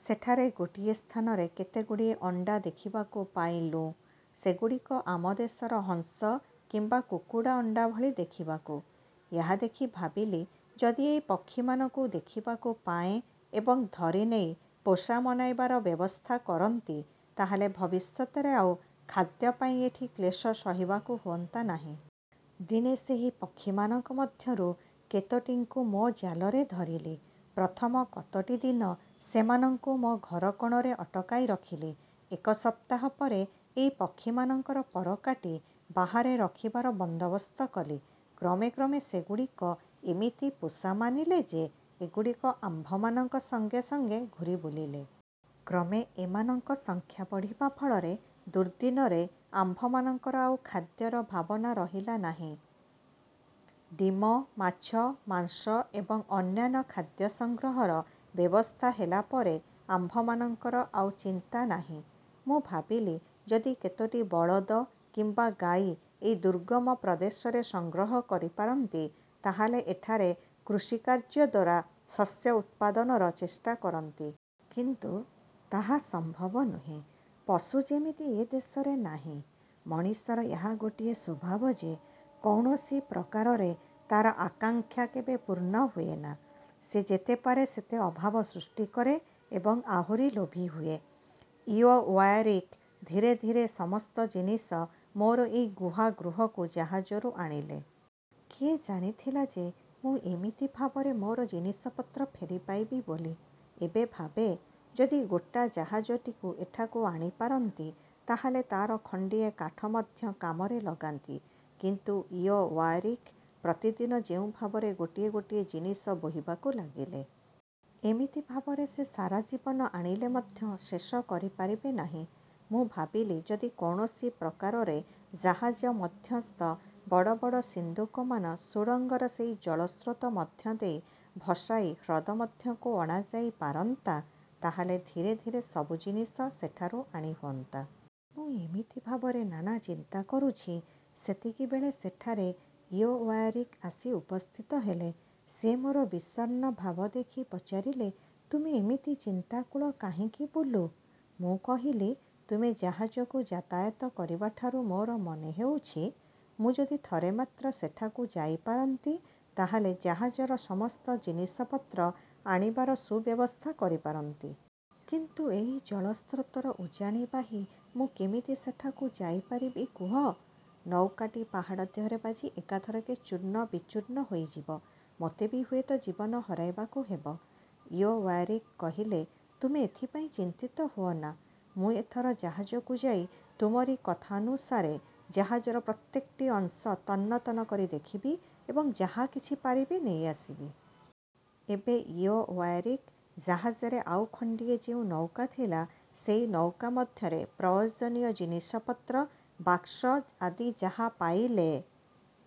ସେଠାରେ ଗୋଟିଏ ସ୍ଥାନରେ କେତେଗୁଡ଼ିଏ ଅଣ୍ଡା ଦେଖିବାକୁ ପାଇଲୁଁ। ସେଗୁଡ଼ିକ ଆମ ଦେଶର ହଂସ କିମ୍ବା କୁକୁଡ଼ା ଅଣ୍ଡାଭଳି ଦେଖିବାକୁ। ଏହା ଦେଖି ଭାବିଲି, ଯଦି ଏଇ ପକ୍ଷୀମାନଙ୍କୁ ଦେଖିବାକୁ ପାଏଁ ଏବଂ ଧରି ନେଇ ପୋଷା ମନାଇବାର ବ୍ୟବସ୍ଥା କରନ୍ତି, ତାହାହେଲେ ଭବିଷ୍ୟତରେ ଆଉ ଖାଦ୍ୟପାଇଁ ଏଠି କ୍ଳେଶ ସହିବାକୁ ହୁଅନ୍ତା ନାହିଁ। ଦିନେ ସେହି ପକ୍ଷୀମାନଙ୍କ ମଧ୍ୟରୁ କେତୋଟିଙ୍କୁ ମୋ ଜାଲରେ ଧରିଲି। ପ୍ରଥମ କତୋଟି ଦିନ ସେମାନଙ୍କୁ ମୋ ଘର କୋଣରେ ଅଟକାଇ ରଖିଲି। ଏକ ସପ୍ତାହ ପରେ ଏଇ ପକ୍ଷୀମାନଙ୍କର ପର କାଟି ବାହାରେ ରଖିବାର ବନ୍ଦୋବସ୍ତ କଲି। କ୍ରମେ କ୍ରମେ ସେଗୁଡ଼ିକ ଏମିତି ପୋଷା ମାନିଲେ ଯେ, ଏଗୁଡ଼ିକ ଆମ୍ଭମାନଙ୍କ ସଙ୍ଗେ ସଙ୍ଗେ ଘୂରିବୁଲିଲେ। କ୍ରମେ ଏମାନଙ୍କ ସଂଖ୍ୟା ବଢ଼ିବା ଫଳରେ ଦୁର୍ଦ୍ଦିନରେ ଆମ୍ଭମାନଙ୍କର ଆଉ ଖାଦ୍ୟର ଭାବନା ରହିଲା ନାହିଁ। ଡିମ, ମାଛ, ମାଂସ ଏବଂ ଅନ୍ୟାନ୍ୟ ଖାଦ୍ୟ ସଂଗ୍ରହର ବ୍ୟବସ୍ଥା ହେଲା ପରେ ଆମ୍ଭମାନଙ୍କର ଆଉ ଚିନ୍ତା ନାହିଁ। ମୁଁ ଭାବିଲି, ଯଦି କେତୋଟି ବଳଦ କିମ୍ବା ଗାଈ ଏଇ ଦୁର୍ଗମ ପ୍ରଦେଶରେ ସଂଗ୍ରହ କରିପାରନ୍ତି ତାହାହେଲେ ଏଠାରେ କୃଷିକାର୍ଯ୍ୟଦ୍ୱାରା ଶସ୍ୟ ଉତ୍ପାଦନର ଚେଷ୍ଟା କରନ୍ତି। କିନ୍ତୁ। ତାହା ସମ୍ଭବ ନୁହେଁ, ପଶୁ ଯେମିତି ଏ ଦେଶରେ ନାହିଁ। ମଣିଷର ଏହା ଗୋଟିଏ ସ୍ୱଭାବ ଯେ, କୌଣସି ପ୍ରକାରରେ ତା'ର ଆକାଂକ୍ଷା କେବେ ପୂର୍ଣ୍ଣ ହୁଏନା। ସେ ଯେତେ ପାରେ ସେତେ ଅଭାବ ସୃଷ୍ଟି କରେ ଏବଂ ଆହୁରି ଲୋଭୀ ହୁଏ। ଇଉଓୟାରକି ଧୀରେ ଧୀରେ ସମସ୍ତ ଜିନିଷ ମୋର ଏଇ ଗୁହା ଗୃହକୁ ଜାହାଜରୁ ଆଣିଲେ। କିଏ ଜାଣିଥିଲା ଯେ ମୁଁ ଏମିତି ଭାବରେ ମୋର ଜିନିଷପତ୍ର ଫେରି ପାଇବି ବୋଲି। ଏବେ ଭାବେ, ଯଦି ଗୋଟା ଜାହାଜଟିକୁ ଏଠାକୁ ଆଣିପାରନ୍ତି, ତାହାହେଲେ ତା'ର ଖଣ୍ଡିଏ କାଠ ମଧ୍ୟ କାମରେ ଲଗାନ୍ତି-। କିନ୍ତୁ ଇଉଓୟାରକି ପ୍ରତିଦିନ ଯେଉଁ ଭାବରେ ଗୋଟିଏ ଗୋଟିଏ ଜିନିଷ ବୋହିବାକୁ ଲାଗିଲେ। ଏମିତି ଭାବରେ ସେ ସାରା ଜୀବନ ଆଣିଲେ ମଧ୍ୟ ଶେଷ କରିପାରିବେ ନାହିଁ। ମୁଁ ଭାବିଲି ଯଦି କୌଣସି ପ୍ରକାରରେ ଜାହାଜ ମଧ୍ୟସ୍ଥ ବଡ଼ ବଡ଼ ସିନ୍ଦୁକମାନ ସୁଡ଼ଙ୍ଗର ସେଇ ଜଳସ୍ରୋତ ମଧ୍ୟ ଦେଇ ଭସାଇ ହ୍ରଦ ମଧ୍ୟକୁ ଅଣାଯାଇ ପାରନ୍ତା, ତାହାହେଲେ ଧୀରେ ଧୀରେ ସବୁ ଜିନିଷ ସେଠାରୁ ଆଣି ହୁଅନ୍ତା। ମୁଁ ଏମିତି ଭାବରେ ନାନା ଚିନ୍ତା କରୁଛି, ସେତିକିବେଳେ ସେଠାରେ ଇଉଓୟାରକି ଆସି ଉପସ୍ଥିତ ହେଲେ। ସେ ମୋର ବିଷଣ୍ଣ ଭାବ ଦେଖି ପଚାରିଲେ, ''ତୁମେ ଏମିତି ଚିନ୍ତାକୁଳ କାହିଁକି ବୁଲୁ? '' ମୁଁ କହିଲି, ''ତୁମେ ଜାହାଜକୁ ଯାତାୟାତ କରିବାଠାରୁ ମୋର ମନେହେଉଛି, ମୁଁ ଯଦି ଥରେ ମାତ୍ର ସେଠାକୁ ଯାଇପାରନ୍ତି, ତାହାହେଲେ ଜାହାଜର ସମସ୍ତ ଜିନିଷପତ୍ର ଆଣିବାର ସୁବ୍ୟବସ୍ଥା କରିପାରନ୍ତି। କିନ୍ତୁ ଏହି ଜଳସ୍ରୋତର ଉଜାଣି ବାହି ମୁଁ କେମିତି ସେଠାକୁ ଯାଇପାରିବି କୁହ? ନୌକାଟି ପାହାଡ଼ ଦେହରେ ବାଜି ଏକାଥରକେ ଚୂର୍ଣ୍ଣ ବିଚୂର୍ଣ୍ଣ ହୋଇଯିବ। ମୋତେ ବି ହୁଏତ ଜୀବନ ହରାଇବାକୁ ହେବ। ଇଉଓୟାରକି କହିଲେ, ''ତୁମେ ଏଥିପାଇଁ ଚିନ୍ତିତ ହୁଅନା। ମୁଁ ଏଥର ଜାହାଜକୁ ଯାଇ ତୁମରି କଥାନୁସାରେ ଜାହାଜର ପ୍ରତ୍ୟେକଟି ଅଂଶ ତନ୍ନ ତନ୍ନ କରି ଦେଖିବି ଏବଂ ଯାହା କିଛି ପାରିବି ନେଇଆସିବି। ଏବେ ଇଉଓୟାରକି ଜାହାଜରେ ଆଉ ଖଣ୍ଡିଏ ଯେଉଁ ନୌକା ଥିଲା, ସେଇ ନୌକା ମଧ୍ୟରେ ପ୍ରୟୋଜନୀୟ ଜିନିଷପତ୍ର, ବାକ୍ସ ଆଦି ଯାହା ପାଇଲେ